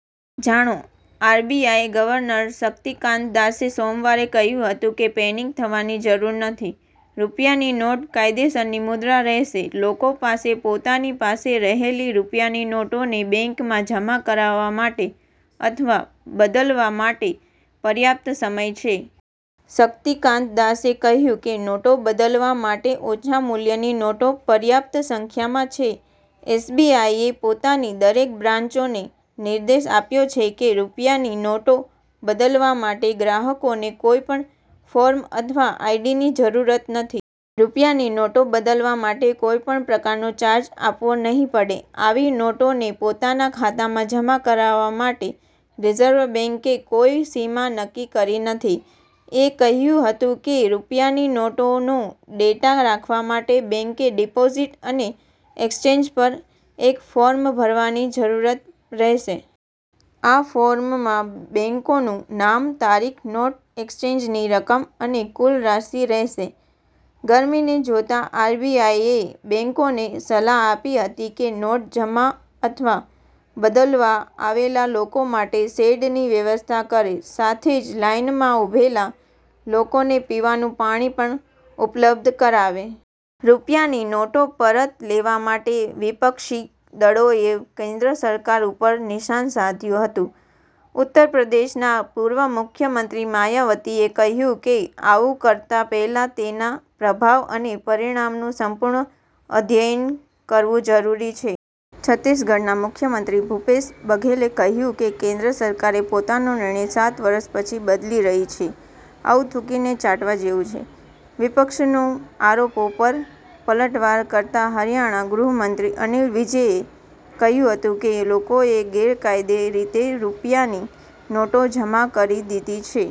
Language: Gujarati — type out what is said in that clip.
જાણો આરબીઆઇ ગવર્નર શક્તિકાંત દાસે સોમવારે કહ્યું હતું કે પેનિક થવાની જરૂર નથી. રૂપિયાની નોટ કાયદેસરની મુદ્રા રહેશે. લોકો પાસે પોતાની પાસે રહેલી રૂપિયાની નોટોને બેંકોમાં જમા કરાવવા માટે અથવા બદલવા માટે પર્યાપ્ત સમય છે. – શક્તિકાંત દાસે કહ્યું કે નોટો બદલવા માટે ઓછા મૂલ્યની નોટો પર્યાપ્ત સંખ્યામાં છે. એસબીઆઈએ પોતાની દરેક બ્રાંચોને નિર્દેશ આપ્યો છે કે રૂપિયાની નોટો બદલવા માટે ગ્રાહકોને કોઈપણ ફોર્મ અથવા આઇડીની જરૂરત નથી. – રૂપિયાની નોટો બદલવા માટે કોઈપણ પ્રકારનો ચાર્જ આપવો નહીં પડે. આવી નોટોને પોતાના ખાતામાં જમા કરાવવા માટે રિઝર્વ બેન્કે કોઈ સીમા નક્કી કરી નથી. – એ કહ્યું હતું કે રૂપિયાની નોટોનો ડેટા રાખવા માટે બેંકે ડિપોઝિટ અને એક્સચેન્જ પર એક ફોર્મ ભરવાની જરૂરત રહેશે. આ ફોર્મમાં બેંકનું નામ તારીખ, નોટ એક્સચેન્જની રકમ અને કુલ રાશિ રહેશે. – ગર્મીને જોતા આરબીઆઈએ બેંકોને સલાહ આપી હતી કે નોટ જમા અથવા બદલવા આવેલા લોકો માટે શેડની વ્યવસ્થા કરે. સાથે જ લાઇનમાં ઉભેલા લોકોને પીવાનું પાણી પણ ઉપલબ્ધ કરાવે. – રૂપિયાની નોટો પરત લેવા માટે વિપક્ષી દળોએ કેન્દ્ર સરકાર ઉપર નિશાન સાધ્યું હતું. ઉત્તર પ્રદેશના પૂર્વ મુખ્યમંત્રી માયાવતીએ કહ્યું કે આવું કરતા પહેલા તેના પ્રભાવ અને પરિણામનું સંપૂર્ણ અધ્યયન કરવું જરૂરી છે. છત્તીસગઢના મુખ્યમંત્રી ભૂપેશ બઘેલે કહ્યું કે કેન્દ્ર સરકારે પોતાનો નિર્ણય સાત વર્ષ પછી બદલી રહી છે. આવું થૂંકીને ચાટવા જેવું છે. – વિપક્ષનો આરોપો પર પલટવાર કરતા હરિયાણાના ગૃહમંત્રી અનિલ વિજે કહ્યું હતું કે લોકોએ ગેરકાયદે રીતે રૂપિયાની નોટો જમા કરી દીધી છે.